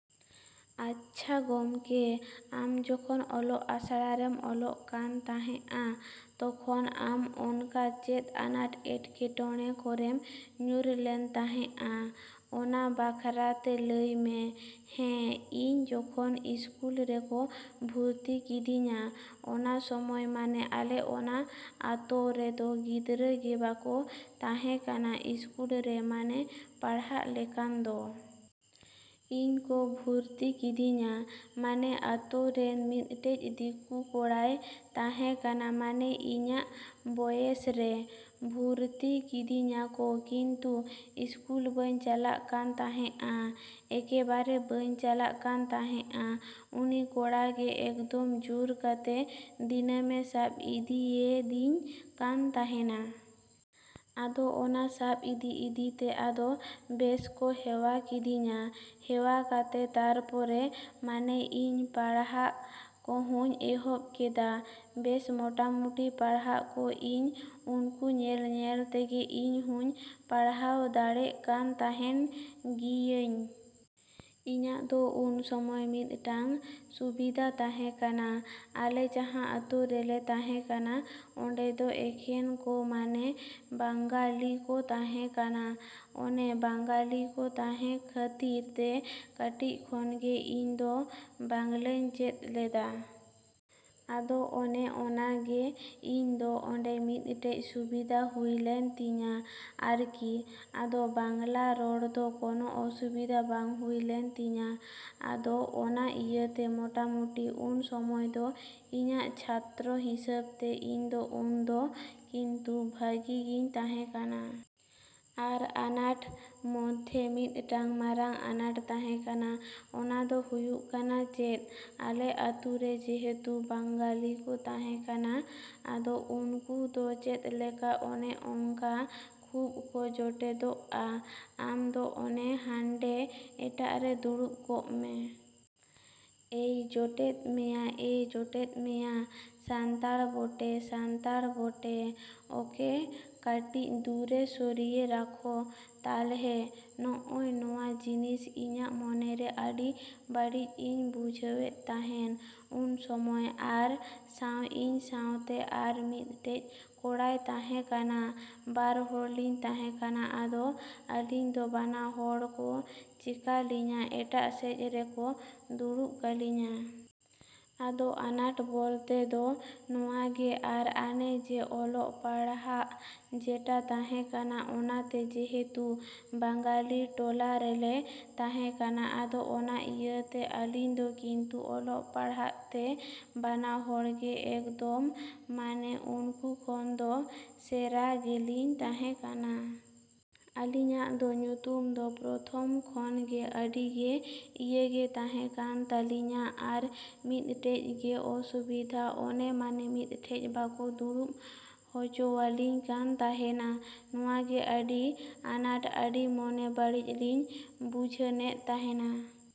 ᱟᱪᱪᱷᱟ ᱜᱚᱢᱠᱮ, ᱟᱢ ᱡᱚᱠᱷᱚᱱ ᱚᱞᱚᱜ ᱟᱥᱲᱟ ᱨᱮᱢ ᱚᱞᱚᱜ ᱠᱟᱱ ᱛᱟᱦᱮᱸᱜᱼᱟ, ᱛᱚᱠᱷᱚᱱ ᱟᱢ ᱚᱱᱠᱟ ᱪᱮᱫ ᱟᱱᱟᱴᱼᱮᱴᱠᱮᱴᱚᱬᱮ ᱠᱚᱨᱮᱢ ᱧᱩᱨ ᱞᱮᱱ ᱛᱟᱦᱮᱸᱜᱼᱟ? ᱚᱱᱟ ᱵᱟᱠᱷᱨᱟᱛᱮ ᱞᱟᱹᱭ ᱢᱮ᱾ ᱦᱮᱸ, ᱤᱧ ᱡᱚᱠᱷᱚᱱ ᱥᱠᱩᱞ ᱨᱮᱠᱚ ᱵᱷᱩᱨᱛᱤ ᱠᱤᱫᱤᱧᱟ, ᱚᱱᱟ ᱥᱚᱢᱚᱭ ᱢᱟᱱᱮ ᱟᱞᱮ ᱚᱱᱟ ᱟᱛᱚ ᱨᱮᱫᱚ ᱜᱤᱫᱽᱨᱟᱹ ᱜᱮ ᱵᱟᱠᱚ ᱛᱟᱦᱮᱸᱠᱟᱱᱟ ᱥᱠᱩᱞ ᱨᱮ ᱢᱟᱱᱮ ᱯᱟᱲᱦᱟᱜ ᱞᱮᱠᱟᱱ ᱫᱚ᱾ ᱤᱧ ᱠᱚ ᱵᱷᱩᱨᱛᱤ ᱠᱤᱫᱤᱧᱟ᱾ ᱢᱟᱱᱮ ᱟᱛᱳ ᱨᱮᱱ ᱢᱤᱫᱴᱮᱡ ᱫᱤᱠᱩ ᱠᱚᱲᱟᱭ ᱛᱟᱦᱮᱸᱠᱟᱱᱟ, ᱢᱟᱱᱮ ᱤᱧᱟᱹᱜ ᱵᱚᱭᱮᱥ ᱨᱮ᱾ ᱵᱷᱩᱨᱛᱤ ᱠᱤᱫᱤᱧᱟᱠᱚ ᱠᱤᱱᱛᱩ ᱥᱠᱩᱞ ᱵᱟᱹᱧ ᱪᱟᱞᱟᱜ ᱠᱟᱱ ᱛᱟᱦᱮᱸᱜᱼᱟ᱾ ᱮᱠᱮᱵᱟᱨᱮ ᱵᱟᱹᱧ ᱪᱟᱞᱟᱜ ᱠᱟᱱ ᱛᱟᱦᱮᱸᱜᱼᱟ, ᱩᱱᱤ ᱠᱚᱲᱟ ᱜᱮ ᱮᱠᱫᱚᱢ ᱡᱳᱨ ᱠᱟᱛᱮ ᱫᱤᱱᱟᱹᱢᱮ ᱥᱟᱵ ᱤᱫᱤᱭᱮᱫᱤᱧ ᱠᱟᱱ ᱛᱟᱦᱮᱱᱟ᱾ ᱟᱫᱚ ᱚᱱᱟ ᱥᱟᱵ ᱤᱫᱤᱼᱤᱫᱤ ᱛᱮ ᱟᱫᱚ ᱵᱮᱥ ᱠᱚ ᱦᱮᱣᱟ ᱠᱤᱫᱤᱧᱟ, ᱦᱮᱣᱟ ᱠᱟᱛᱮ ᱛᱟᱨᱯᱚᱨᱮ ᱢᱟᱱᱮ ᱤᱧ ᱯᱟᱲᱦᱟᱜ ᱠᱚᱦᱚᱧ ᱮᱦᱚᱵ ᱠᱮᱫᱟ᱾ ᱵᱮᱥ ᱢᱚᱴᱟᱢᱩᱴᱤ ᱯᱟᱲᱦᱟᱜ ᱠᱚ ᱤᱧ ᱩᱱᱠᱩ ᱧᱮᱞᱼᱧᱮᱞ ᱛᱮᱜᱮ ᱤᱧ ᱦᱚᱧ ᱯᱟᱲᱦᱟᱣ ᱫᱟᱲᱮᱜ ᱠᱟᱱ ᱛᱟᱦᱮᱱ ᱜᱤᱭᱟᱹᱧ᱾ ᱤᱧᱟᱹᱜ ᱫᱚ ᱩᱱ ᱥᱚᱢᱚᱭ ᱢᱤᱫᱴᱟᱝ ᱥᱩᱵᱤᱫᱟ ᱛᱟᱦᱮᱸᱠᱟᱱᱟ᱾ ᱟᱞᱮ ᱡᱟᱦᱟᱸ ᱟᱛᱳ ᱨᱮᱞᱮ ᱛᱟᱦᱮᱸᱠᱟᱱᱟ ᱚᱸᱰᱮ ᱫᱚ ᱮᱠᱮᱱ ᱠᱚ ᱢᱟᱱᱮ ᱵᱟᱝᱜᱟᱞᱤ ᱠᱚ ᱛᱟᱦᱮᱸ ᱠᱟᱱᱟ᱾ ᱚᱱᱮ ᱵᱟᱝᱜᱟᱞᱤ ᱠᱚ ᱛᱟᱦᱮᱸ ᱠᱷᱟᱹᱛᱤᱨ ᱛᱮ ᱠᱟᱹᱴᱤᱡ ᱠᱷᱚᱱ ᱜᱮ ᱤᱧ ᱫᱚ ᱵᱟᱝᱞᱟᱧ ᱪᱮᱫ ᱞᱮᱫᱟ᱾ ᱟᱫᱚ ᱚᱱᱮ ᱚᱱᱟ ᱜᱮ ᱤᱧ ᱫᱚ ᱚᱸᱰᱮ ᱢᱤᱫᱴᱮᱡ ᱥᱩᱵᱤᱫᱟ ᱦᱩᱭ ᱞᱮᱱ ᱛᱤᱧᱟᱹ ᱟᱨᱠᱤ᱾ ᱟᱫᱚ ᱵᱟᱝᱞᱟ ᱨᱚᱲ ᱫᱚ ᱠᱳᱱᱳ ᱚᱥᱩᱵᱤᱫᱟ ᱵᱟᱝ ᱦᱩᱭ ᱞᱮᱱ ᱛᱤᱧᱟᱹ᱾ ᱟᱫᱚ ᱚᱱᱟ ᱤᱭᱟᱹᱛᱮ ᱢᱩᱴᱟᱢᱩᱴᱤ ᱩᱱ ᱥᱚᱢᱚᱭ ᱫᱚ ᱤᱧᱟᱹᱜ ᱪᱷᱟᱛᱨᱚ ᱦᱤᱥᱟᱹᱵ ᱛᱮ ᱤᱧ ᱫᱚ ᱩᱱᱫᱚ ᱠᱤᱱᱛᱩ ᱵᱷᱟᱹᱜᱤ ᱜᱤᱧ ᱛᱟᱦᱮᱸᱠᱟᱱᱟ᱾ ᱟᱨ ᱟᱱᱟᱴ ᱢᱚᱫᱽᱫᱷᱮ ᱢᱤᱫᱴᱟᱝ ᱢᱟᱨᱟᱝ ᱟᱱᱟᱴ ᱛᱟᱦᱮᱸᱠᱟᱱᱟ, ᱚᱱᱟ ᱫᱚ ᱦᱩᱭᱩᱜ ᱠᱟᱱᱟ ᱪᱮᱫ, ᱟᱞᱮ ᱟᱛᱳ ᱨᱮ ᱡᱮᱦᱮᱛᱩ ᱵᱟᱝᱜᱟᱞᱤ ᱠᱚ ᱛᱟᱦᱮᱸᱠᱟᱱᱟ᱾ ᱟᱫᱚ ᱩᱱᱠᱩ ᱫᱚ ᱪᱮᱫᱞᱮᱠᱟ ᱚᱱᱮ ᱚᱝᱠᱟ ᱠᱷᱩᱵ ᱠᱚ ᱡᱚᱴᱮᱫᱚᱜᱼᱟ᱾ ᱟᱢ ᱫᱚ ᱚᱱᱮ ᱦᱟᱱᱰᱮ ᱮᱴᱟᱜ ᱨᱮ ᱫᱩᱲᱩᱵ ᱠᱚᱜ ᱢᱮ᱾ ᱮᱭ ᱡᱚᱴᱮᱫ ᱢᱮᱭᱟᱼᱮᱭ ᱡᱚᱴᱮᱫ ᱢᱮᱭᱟ, ᱥᱟᱱᱛᱟᱲ ᱵᱚᱴᱮᱼᱥᱟᱱᱛᱟᱞ ᱵᱚᱴᱮ ᱚᱠᱮ ᱠᱟᱴᱤᱡ ᱫᱩᱨᱮ ᱥᱚᱨᱤᱭᱮ ᱨᱟᱠᱷᱚ ᱛᱟᱞᱦᱮ᱾ ᱱᱚᱜᱼᱚᱭ ᱱᱚᱣᱟ ᱡᱤᱱᱤᱥ ᱤᱧᱟᱹᱜ ᱢᱚᱱᱮ ᱨᱮ ᱟᱹᱰᱤ ᱵᱟᱹᱲᱤᱡ ᱤᱧ ᱵᱩᱡᱷᱟᱹᱣᱮᱫ ᱛᱟᱦᱮᱸᱱ ᱩᱱ ᱥᱚᱢᱚᱭ᱾ ᱟᱨ ᱥᱟᱶ, ᱤᱧ ᱥᱟᱶᱛᱮ ᱟᱨ ᱢᱤᱫᱴᱮᱡ ᱠᱚᱲᱟᱭ ᱛᱟᱦᱮᱸᱠᱟᱱᱟ, ᱵᱟᱨ ᱦᱚᱲ ᱞᱤᱧ ᱛᱟᱦᱮᱸᱠᱟᱱᱟ, ᱟᱫᱚ ᱟᱞᱤᱧ ᱫᱚ ᱵᱟᱱᱟ ᱦᱚᱲ ᱠᱚ ᱪᱮᱠᱟᱞᱤᱧᱟ ᱮᱴᱟᱜ ᱥᱮᱡ ᱨᱮᱠᱚ ᱫᱩᱲᱩᱵ ᱠᱟᱞᱤᱧᱟᱹ᱾ ᱟᱫᱚ ᱟᱱᱟᱴ ᱵᱚᱞᱛᱮ ᱫᱚ ᱱᱚᱣᱟ ᱜᱮ ᱟᱨ ᱟᱱᱮ ᱡᱮ ᱚᱞᱚᱜ ᱯᱟᱲᱦᱟᱜ ᱡᱮᱴᱟ ᱛᱟᱦᱮᱸ ᱠᱟᱱᱟ, ᱚᱱᱟᱛᱮ ᱡᱮᱦᱮᱛᱩ ᱵᱟᱝᱜᱟᱞᱤ ᱴᱚᱞᱟ ᱨᱮᱞᱮ ᱛᱟᱦᱮᱸᱠᱟᱱᱟ ᱟᱫᱚ ᱚᱱᱟ ᱤᱭᱟᱹ ᱛᱮ ᱟᱞᱤᱧ ᱫᱚ ᱠᱤᱱᱛᱩ ᱚᱞᱚᱜ ᱯᱟᱲᱦᱟᱜ ᱛᱮ ᱵᱟᱱᱟ ᱦᱚᱲ ᱜᱮ ᱮᱠᱫᱚᱢ ᱢᱟᱱᱮ ᱩᱱᱠᱩ ᱠᱷᱚᱱ ᱫᱚ ᱥᱮᱨᱟ ᱜᱮᱞᱤᱧ ᱛᱟᱦᱮᱸᱠᱟᱱᱟ᱾ ᱟᱞᱤᱧᱟᱜ ᱫᱚ ᱧᱩᱛᱩᱢ ᱫᱚ ᱯᱨᱚᱛᱷᱚᱢ ᱠᱷᱚᱱ ᱜᱮ ᱟᱹᱰᱤ ᱜᱮ ᱤᱭᱟᱹ ᱜᱮ ᱛᱟᱦᱮᱸ ᱠᱟᱱ ᱛᱟᱞᱤᱧᱟᱹ ᱟᱨ ᱢᱤᱫᱴᱮᱡ ᱜᱮ ᱚᱥᱩᱵᱤᱫᱟ ᱚᱱᱮ ᱢᱟᱱᱮ ᱢᱤᱫᱴᱷᱮᱡ ᱵᱟᱠᱚ ᱫᱩᱲᱩᱵ ᱦᱚᱪᱚᱣᱟᱞᱤᱧ ᱠᱟᱱ ᱛᱟᱦᱮᱱᱟ᱾ ᱱᱚᱣᱟ ᱜᱮ ᱟᱹᱰᱤ ᱟᱱᱟᱴ ᱟᱹᱰᱤ ᱢᱚᱱᱮ ᱵᱟᱹᱲᱤᱡ ᱞᱤᱧ ᱵᱩᱡᱷᱟᱹᱱᱮᱫ ᱛᱟᱦᱮᱱᱟ᱾